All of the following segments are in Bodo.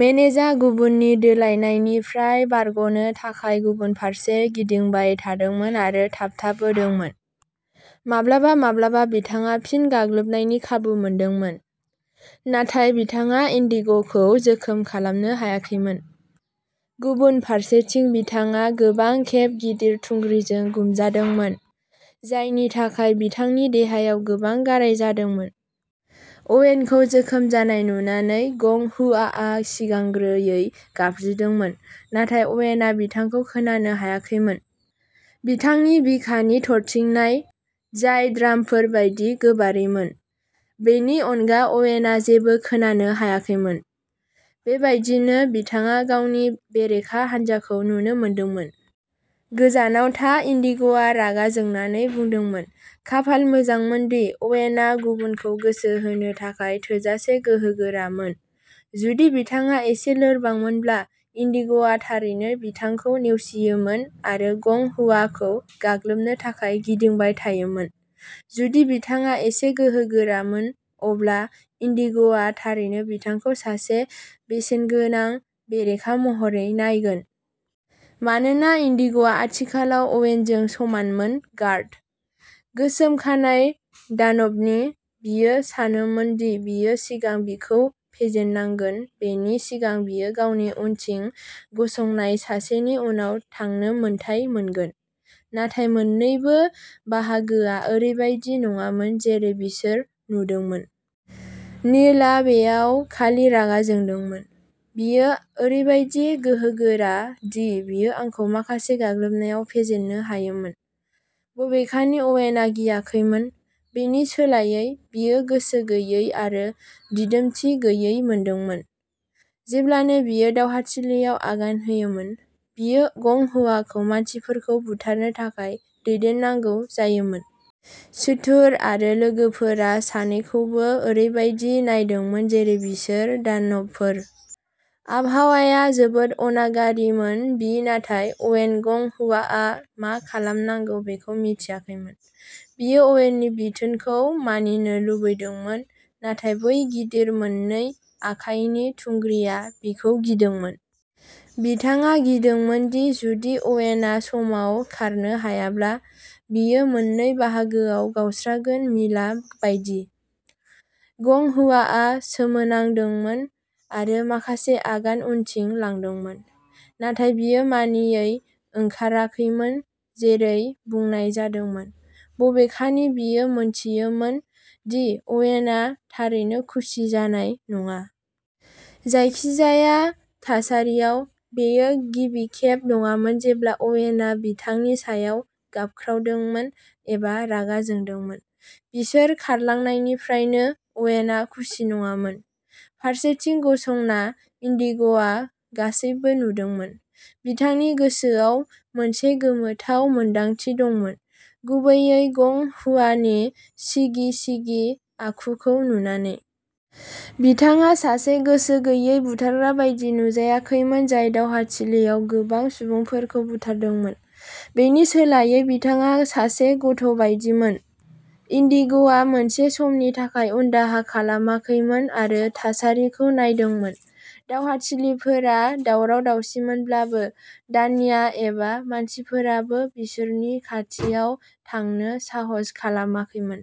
मेनेजा गुबुननि दोलायनायनिफ्राय बारग'नो थाखाय गुबुन फारसे गिदिंबाय थादोंमोन आरो थाबथाबोदोंमोन। माब्लाबा-माब्लाबा, बिथाङा फिन गाग्लोबनायनि खाबु मोनदोंमोन, नाथाय बिथाङा इन्डिग'खौ जोखोम खालामनो हायाखैमोन। गुबुन फारसेथिं, बिथाङा गोबां खेब गिदिर थुंग्रिजों गुमजादोंमोन, जायनि थाखाय बिथांनि देहायाव गोबां गाराय जादोंमोन। अवेनखौ जोखोम जानाय नुनानै, गं हुआआ सिगांग्रोयै गाबज्रिदोंमोन, नाथाय अवेनआ बिथांखौ खोनानो हायाखैमोन। बिथांनि बिखानि थरथिंनाय, जाय ड्रामफोर बायदि गोबारैमोन, बेनि अनगा अवेनआ जेबो खोनानो हायाखैमोन। बेबायदिनो, बिथाङा गावनि बेरेखा हान्जाखौ नुनो मोनदोंमोन। गोजानाव था इन्डिग'आ रागा जोंनानै बुंदोंमोन। खाफाल मोजांमोनदि, अवेनआ गुबुनखौ गोसो होनो थाखाय थोजासे गोहोगोरामोन। जुदि बिथाङा एसे लोरबांमोनब्ला, इन्डिग'आ थारैनो बिथांखौ नेवसियोमोन आरो गं हुआखौ गाग्लोबनो थाखाय गिदिंबाय थायोमोन। जुदि बिथाङा एसे गोहोगोरामोन, अब्ला इन्डिग'आ थारैनो बिथांखौ सासे बेसेनगोनां बेरेखा महरै नायगोन। मानोना इन्डिग'आ आथिखालाव अवेनजों समानमोन, गार्ड। गोसोम खानाय दानबनि, बियो सानोमोन दि बियो सिगां बिखौ फेजेननांगोन बेनि सिगां बियो गावनि उनथिं गसंनाय सासेनि उनाव थांनो मोन्थाइ मोनगोन। नाथाय मोन्नैबो बाहागोआ ओरैबायदि नङामोन जेरै बिसोर नुदोंमोन। नीलआ बेयाव खालि रागा जोंदोंमोन। बियो ओरैबायदि गोहोगोरा दि बियो आंखौ माखासे गाग्लोबनायाव फेजेननो हायोमोन। बबेखानि, अवेनआ गियाखैमोन। बेनि सोलायै, बियो गोसो गैयै आरो दिदोमथि गैयै मोनदोंमोन। जेब्लानो बियो दावहाथिलियाव आगान होयोमोन, बियो गं हुआखौ मानसिफोरखौ बुथारनो थाखाय दैदेननांगौ जायोमोन। सुथुर आरो लोगोफोरा सानैखौबो ओरैबायदि नायदोंमोन जेरै बिसोर दानबफोर। आबहावाया जोबोद अनागारिमोन बि नाथाय, अवेन गं हुआआ मा खालामनांगौ बेखौ मिथियाखैमोन। बियो अवेननि बिथोनखौ मानिनो लुबैदोंमोन, नाथाय बै गिदिर मोननै आखाइनि थुंग्रिआ बिखौ गिदोंमोन। बिथाङा गिदोंमोन दि जुदि अवेनआ समाव खारनो हायाब्ला, बियो मोननै बाहागोआव गावस्रागोन मिला बायदि। गं हुआआ सोमोनांदोंमोन, आरो माखासे आगान उनथिं लांदोंमोन। नाथाय बियो मानियै ओंखाराखैमोन जेरै बुंनाय जादोंमोन, बबेखानि बियो मोनथियोमोन दि अवेनआ थारैनो खुसि जानाय नङा। जायखिजाया थासारियाव, बेयो गिबि खेब नङामोन जेब्ला अवेनआ बिथांनि सायाव गाबख्रावदोंमोन एबा रागा जोंदोंमोन। बिसोर खारलांनायनिफ्रायनो, अवेनआ खुसि नङामोन। फारसेथिं गसंना, इन्डिग'आ गासैबो नुदोंमोन। बिथांनि गोसोआव मोनसे गोमोथाव मोनदांथि दंमोन, गुबैयै गं हुआनि सिगि-सिगि आखुखौ नुनानै। बिथाङा सासे गोसो गैयै बुथारग्रा बायदि नुजायाखैमोन जाय दावहाथिलियाव गोबां सुबुंफोरखौ बुथारदोंमोन। बेनि सोलायै, बिथाङा सासे गथ'बायदिमोन? इन्डिग'आ मोनसे समनि थाखाय उनदाहा खालामाखैमोन आरो थासारिखौ नायदोंमोन। दावहाथिलिफोरा दावराव-दावसिमोनब्लाबो, दान्या एबा मानसिफोराबो बिसोरनि खाथियाव थांनो साहस खालामाखैमोन।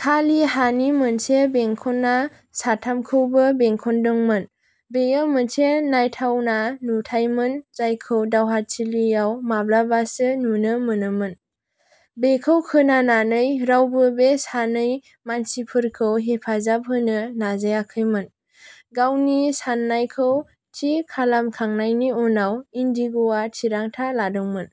खालि हानि मोनसे बेंखनआ साथामखौबो बेंखनदोंमोन। बेयो मोनसे नायथावना नुथायमोन जायखौ दावहाथिलियाव माब्लाबासो नुनो मोनोमोन। बेखौ खोनानानै, रावबो बे सानै मानसिफोरखौ हेफाजाब होनो नाजायाखैमोन। गावनि साननायखौ थि खालामखांनायनि उनाव, इन्डिग'आ थिरांथा लादोंमोन।